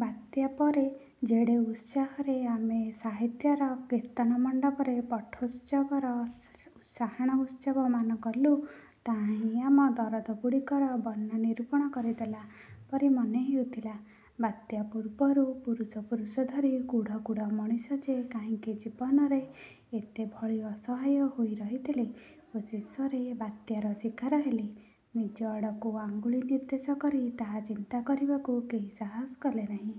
ବାତ୍ୟା ପରେ ଯେଡ଼େ ଉତ୍ସାହରେ ଆମେ ସାହିତ୍ୟର କୀର୍ତ୍ତନମଣ୍ଡପରେ ପାଠୋତ୍ସବର ସାହାଣ ଉତ୍ସବମାନ କଲୁ, ତାହା ହିଁ ଆମ ଦରଦଗୁଡ଼ିକର ବର୍ଣ୍ଣ ନିରୂପଣ କରିଦେଲା ପରି ମନେ ହେଉଥିଲା। ବାତ୍ୟା ପୂର୍ବରୁ ପୁରୁଷ ପୁରୁଷ ଧରି କୁଢ଼ କୁଢ଼ ମଣିଷ ଯେ କାହିଁକି ଜୀବନରେ ଏତେ ଭଳି ଅସହାୟ ହୋଇ ରହିଥିଲେ ଓ ଶେଷରେ ବାତ୍ୟାର ଶିକାର ହେଲେ, ନିଜ ଆଡ଼କୁ ଅଙ୍ଗୁଳି ନିର୍ଦ୍ଦେଶ କରି ତାହା ଚିନ୍ତା କରିବାକୁ କେହି ସାହସ କଲେନାହିଁ।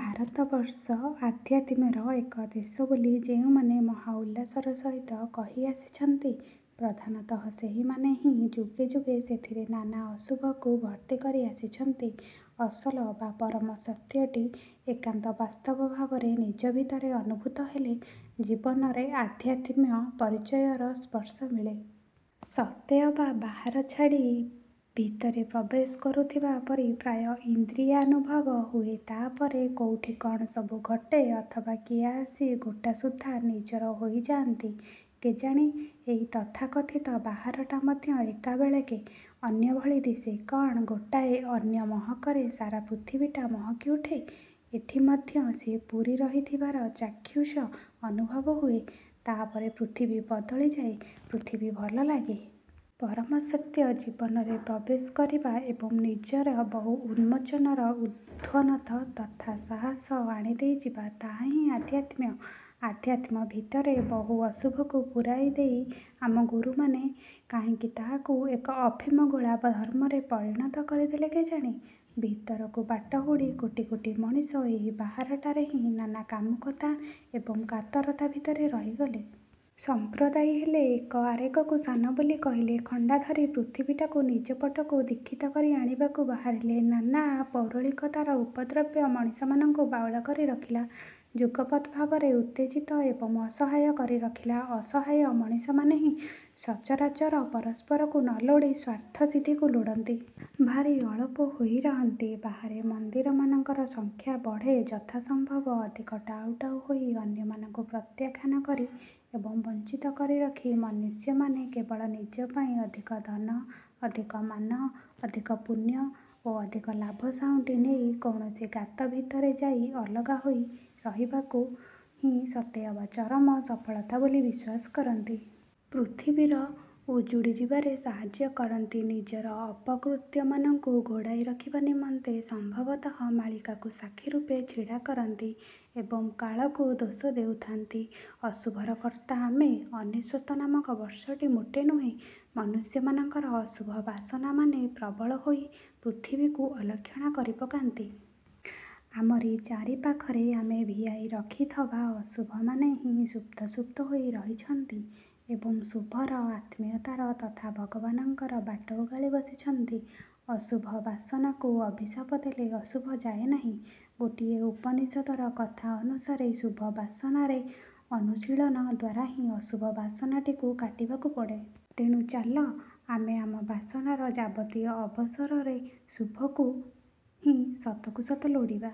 ଭାରତବର୍ଷ ଅଧ୍ୟାତ୍ମର ଏକ ଦେଶ ବୋଲି ଯେଉଁମାନେ ମହାଉଲ୍ଲାସର ସହିତ କହି ଆସିଛନ୍ତି ,ପ୍ରଧାନତଃ ସେହିମାନେ ହିଁ ଯୁଗେ ଯୁଗେ ସେଥିରେ ନାନା ଅଶୁଭକୁ ଭର୍ତ୍ତି କରି ଆସିଛନ୍ତି। ଅସଲ ବା ପରମ ସତ୍ୟଟି ଏକାନ୍ତ ବାସ୍ତବ ଭାବରେ ନିଜ ଭିତରେ ଅନୁଭୂତ ହେଲେ ଜୀବନରେ ଅଧ୍ୟାତ୍ମ ପରିଚୟର ସ୍ପର୍ଶ ମିଳେ। ସତେଅବା ବାହାର ଛାଡ଼ି ଭିତରେ ପ୍ରବେଶ କରୁଥିବା ପରି ପ୍ରାୟ ଏକ ଇନ୍ଦ୍ରିୟାନୁଭବ ହୁଏ ତା' ପରେ କୋଉଠି କ'ଣ ସବୁ ଘଟେ ଅଥବା କିଏ ଆସି ଗୋଟାସୁଦ୍ଧା ନିଜର ହୋଇଯାଆନ୍ତି କେଜାଣି, ଏହି ତଥାକଥିତ ବାହାରଟା ମଧ୍ୟ ଏକାବେଳେକେ ଅନ୍ୟ ଭଳି ଦିଶେ, କ'ଣ ଗୋଟାଏ ଅନ୍ୟ ମହକରେ ସାରା ପୃଥିବୀଟା ମହକି ଉଠେ, ଏଠି ମଧ୍ୟ ସିଏ ପୂରି ରହିଥିବାର ଚାକ୍ଷୁଷ ଅନୁଭବ ହୁଏ, ତା'ପରେ ପୃଥିବୀ ବଦଳିଯାଏ, ପୃଥିବୀ ଭଲ ଲାଗେ। ପରମସତ୍ୟ ଜୀବନରେ ପ୍ରବେଶ କରିବା ଏବଂ ନିଜ ଭିତରେ ବହୁ ଉନ୍ମୋଚନର ଉଦ୍ବୋଧନ ତଥା ସାହସ ଆଣି ଦେଇଯିବା, ତାହାହିଁ ଅଧ୍ୟାତ୍ମ। ଅଧ୍ୟାତ୍ମ ଭିତରେ ବହୁ ଅଶୁଭକୁ ପୂରାଇ ଦେଇ ଆମ ଗୁରୁମାନେ କାହିଁକି ତାହାକୁ ଏକ ଅଫିମଗୋଳା ଧର୍ମରେ ପରିଣତ କରିଦେଲେ କେଜାଣି। ଭିତରକୁ ବାଟ ହୁଡ଼ି କୋଟି କୋଟି ମଣିଷ ଏହି ବାହାରଟାରେ ହିଁ ନାନା କାମୁକତା ଏବଂ କାତରତା ଭିତରେ ରହିଗଲେ। ସମ୍ପ୍ରଦାୟୀ ହେଲେ, ଏକ ଆରେକୁ ସାନ ବୋଲି କହିଲେ, ଖଣ୍ଡା ଧରି ପୃଥିବୀଟାକୁ ନିଜ ପଟକୁ ଦୀକ୍ଷିତ କରି ଆଣିବାକୁ ବାହାରିଲେ। ନାନା ପୌରଳିକତାର ଉପଦ୍ରବ ମଣିଷମାନଙ୍କୁ ବାଉଳା କରି ରଖିଲା। ଯୁଗପତ୍ ଭାବରେ ଉତ୍ତେଜିତ ଏବଂ ଅସହାୟ କରି ରଖିଲା। ଅସହାୟ ମଣିଷମାନେ ହିଁ ସଚରାଚର ପରସ୍ପରକୁ ନଲୋଡ଼ି ସ୍ଵାର୍ଥସିଦ୍ଧିକୁ ଲୋଡ଼ନ୍ତି। ଭାରି ଅଳପ ହୋଇ ରହନ୍ତି। ବାହାରେ ମନ୍ଦିରମାନଙ୍କର ସଂଖ୍ୟା ବଢ଼େ, ଯଥାସମ୍ଭବ ଅଧିକ ଟାଉ ଟାଉ ହୋଇ ଅନ୍ୟମାନଙ୍କୁ ପ୍ରତ୍ୟାଖ୍ୟାନ କରି ଏବଂ ବଂଚିତ କରି ରଖି ମନୁଷ୍ୟମାନେ କେବଳ ନିଜ ପାଇଁ ଅଧିକ ଧନ, ଅଧିକ ମାନ, ଅଧିକ ପୁଣ୍ୟ ଓ ଅଧିକ ଲାଭ ସାଉଁଟି ନେଇ କୌଣସି ଗାତ ଭିତରେ ଯାଇ ଅଲଗା ହୋଇ ରହିବାକୁ ହିଁ ସତେଅବା ଚରମ ସଫଳତା ବୋଲି ବିଶ୍ୱାସ କରନ୍ତି। ପୃଥିବୀର ଉଜୁଡ଼ି ଯିବାରେ ସାହାଯ୍ୟ କରନ୍ତି। ନିଜର ଅପକୃତ୍ୟମାନଙ୍କୁ ଘୋଡ଼ାଇ ରଖିବା ନିମନ୍ତେ ସମ୍ଭବତଃ ମାଳିକାକୁ ସାକ୍ଷୀ ରୂପେ ଛିଡ଼ା କରନ୍ତି ଏବଂ କାଳକୁ ଦୋଷ ଦେଉଥାନ୍ତି। ଅଶୁଭର କର୍ତ୍ତା ଆମେ, ଅନେଶ୍ୱତ ନାମକ ବର୍ଷଟି ମୋଟେ ନୁହେଁ। ମନୁଷ୍ୟମାନଙ୍କର ଅଶୁଭ ବାସନାମାନେ ପ୍ରବଳ ହୋଇ ପୃଥିବୀକୁ ଅଲକ୍ଷଣା କରି ପକାନ୍ତି। ଆମରି ଚାରିପାଖରେ ଆମେ ଭିଆଇ ରଖିଥବା ଅଶୁଭମାନେ ହିଁ ସ୍ତୂପ ସ୍ତୂପ ହୋଇ ରହିଛନ୍ତି ଏବଂ ଶୁଭର, ଆତ୍ମୀୟତାର ତଥା ଭଗବାନଙ୍କର ବାଟ ଓଗାଳି ବସିଛନ୍ତି। ଅଶୁଭ ବାସନାକୁ ଅଭିଶାପ ଦେଲେ ଅଶୁଭ ଯାଏନାହିଁ। ଗୋଟିଏ ଉପନିଷଦର କଥା ଅନୁସାରେ, ଶୁଭ ବାସନାର ଅନୁଶୀଳନ ଦ୍ୱାରା ହିଁ ଅଶୁଭ ବାସନାଟିକୁ କାଟିବାକୁ ପଡ଼େ। ତେଣୁ, ଚାଲ ଆମେ ଆମ ବାସନାର ଯାବତୀୟ ଅବସରରେ ଶୁଭକୁ ହଁ ସତକୁ ସତ ଲୋଡ଼ିବା।